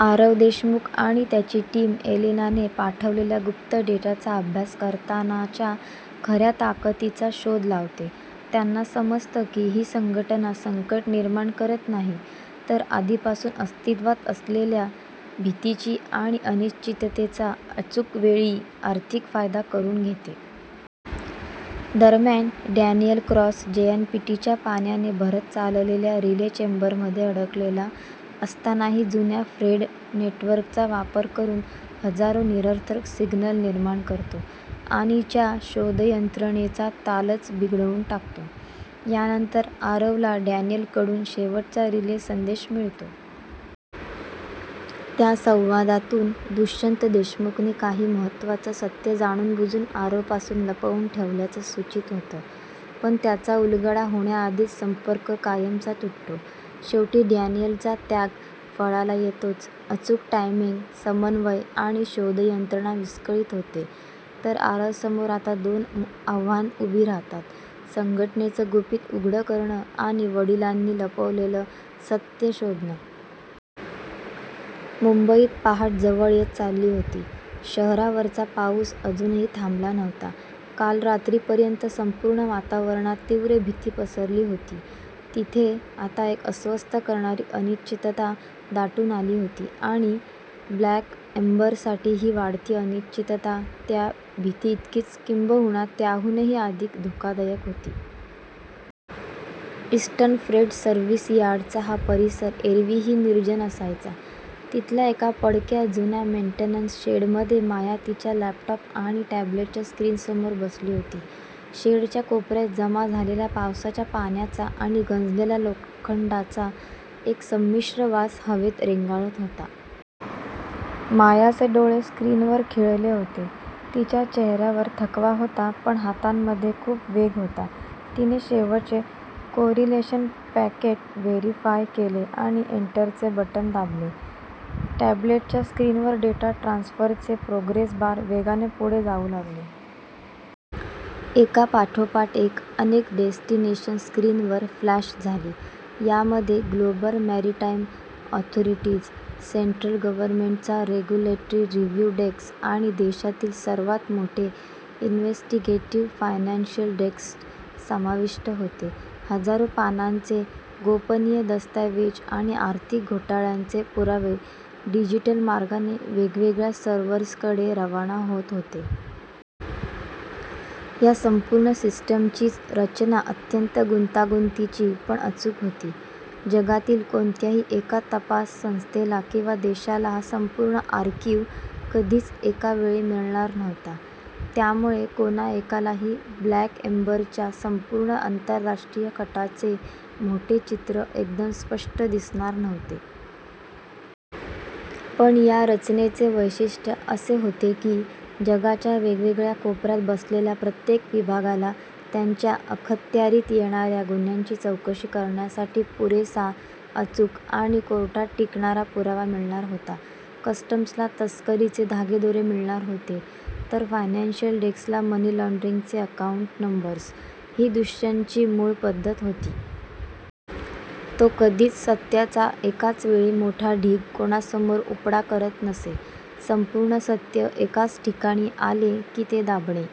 आरव देशमुख आणि त्याची टीम एलेनाने पाठवलेल्या गुप्त डेटाचा अभ्यास करताना च्या खऱ्या ताकदीचा शोध लावते. त्यांना समजतं की ही संघटना संकट निर्माण करत नाही, तर आधीपासून अस्तित्वात असलेल्या भीतीचा आणि अनिश्चिततेचा अचूक वेळी आर्थिक फायदा करून घेते. दरम्यान डॅनियल क्रॉस जेएनपीटीच्या पाण्याने भरत चाललेल्या रिले चेंबरमध्ये अडकलेला असतानाही जुन्या फ्रेट नेटवर्कचा वापर करून हजारो निरर्थक सिग्नल्स निर्माण करतो आणि च्या शोधयंत्रणेचा तालच बिघडवून टाकतो. यानंतर आरवला डॅनियलकडून शेवटचा रिले संदेश मिळतो. त्या संवादातून दुष्यंत देशमुखने काही महत्त्वाचं सत्य जाणूनबुजून आरवपासून लपवून ठेवल्याचं सूचित होतं, पण त्याचा उलगडा होण्याआधीच संपर्क कायमचा तुटतो. शेवटी डॅनियलचा त्याग फळाला येतो. चं अचूक टायमिंग, समन्वय आणि शोधयंत्रणा विस्कळीत होते, तर आरवसमोर आता दोन आव्हानं उभी राहतात: संघटनेचं गुपित उघड करणं आणि वडिलांनी लपवलेलं सत्य शोधणं. मुंबईत पहाट जवळ येत चालली होती. शहरावरचा पाऊस अजूनही थांबला नव्हता. काल रात्रीपर्यंत संपूर्ण वातावरणात तीव्र भीती पसरली होती, तिथे आता एक अस्वस्थ करणारी अनिश्चितता दाटून आली होती. आणि 'ब्लॅक एम्बर'साठी ही वाढती अनिश्चितता त्या भीतीइतकीच, किंबहुना त्याहूनही अधिक धोकादायक होती. इस्टर्न फ्रेट सर्व्हिस यार्डचा हा परिसर एरवीही निर्जन असायचा. तिथल्या एका पडक्या, जुन्या मेंटेनन्स शेडमध्ये माया तिच्या लॅपटॉप आणि टॅब्लेटच्या स्क्रीनसमोर बसली होती. शेडच्या कोपऱ्यात जमा झालेल्या पावसाच्या पाण्याचा आणि गंजलेल्या लोखंडाचा एक संमिश्र वास हवेत रेंगाळत होता. मायाचे डोळे स्क्रीनवर खिळले होते. तिच्या चेहऱ्यावर थकवा होता, पण हातामध्ये खूप वेग होता. तिने शेवटचे कोरिलेशन पॅकेट व्हेरीफाय केले आणि एंटरचे बटण दाबले. टॅब्लेटच्या स्क्रीनवर डेटा ट्रान्सफरचे प्रोग्रेस बार वेगाने पुढे जाऊ लागले. एकापाठोपाठ एक अनेक डेस्टिनेशन्स स्क्रीनवर फ्लॅश झाली. यामध्ये ग्लोबल मॅरीटाईम ऑथॉरिटीज, सेंट्रल गव्हर्नमेंटचा रेगुलेटरी रिव्ह्यू डेस्क आणि देशातील सर्वात मोठे इन्व्हेस्टिगेटिव्ह फायनान्शियल डेस्क समाविष्ट होते. हजारो पानांचे गोपनीय दस्तऐवज आणि आर्थिक घोटाळ्यांचे पुरावे डिजिटल मार्गाने वेगवेगळ्या सर्व्हर्सकडे रवाना होत होते. या संपूर्ण सिस्टीमची रचना अत्यंत गुंतागुंतीची पण अचूक होती. जगातील कोणत्याही एका तपास संस्थेला किंवा देशाला हा संपूर्ण आर्काइव कधीच एका वेळी मिळणार नव्हता. त्यामुळे कोणा एकालाही 'ब्लॅक एम्बर'च्या संपूर्ण आंतरराष्ट्रीय कटाचे मोठे चित्र एकदम स्पष्ट दिसणार नव्हते. पण या रचनेचे वैशिष्ट्य असे होते की, जगाच्या वेगवेगळ्या कोपऱ्यात बसलेल्या प्रत्येक विभागाला त्यांच्या अखत्यारीत येणाऱ्या गुन्ह्यांची चौकशी करण्यासाठी पुरेसा, अचूक आणि कोर्टात टिकणारा पुरावा मिळणार होता. कस्टम्सला तस्करीचे धागेदोरे मिळणार होते, तर फायनान्शियल डेस्कला मनी लाँड्रिंगचे अकाऊंट नंबर्स ही दुष्यंतची मूळ पद्धत होती. तो कधीच सत्याचा एकाच वेळी मोठा ढीग कोणासमोर उपडा करत नसे. संपूर्ण सत्य एकाच ठिकाणी आले की ते दाबणे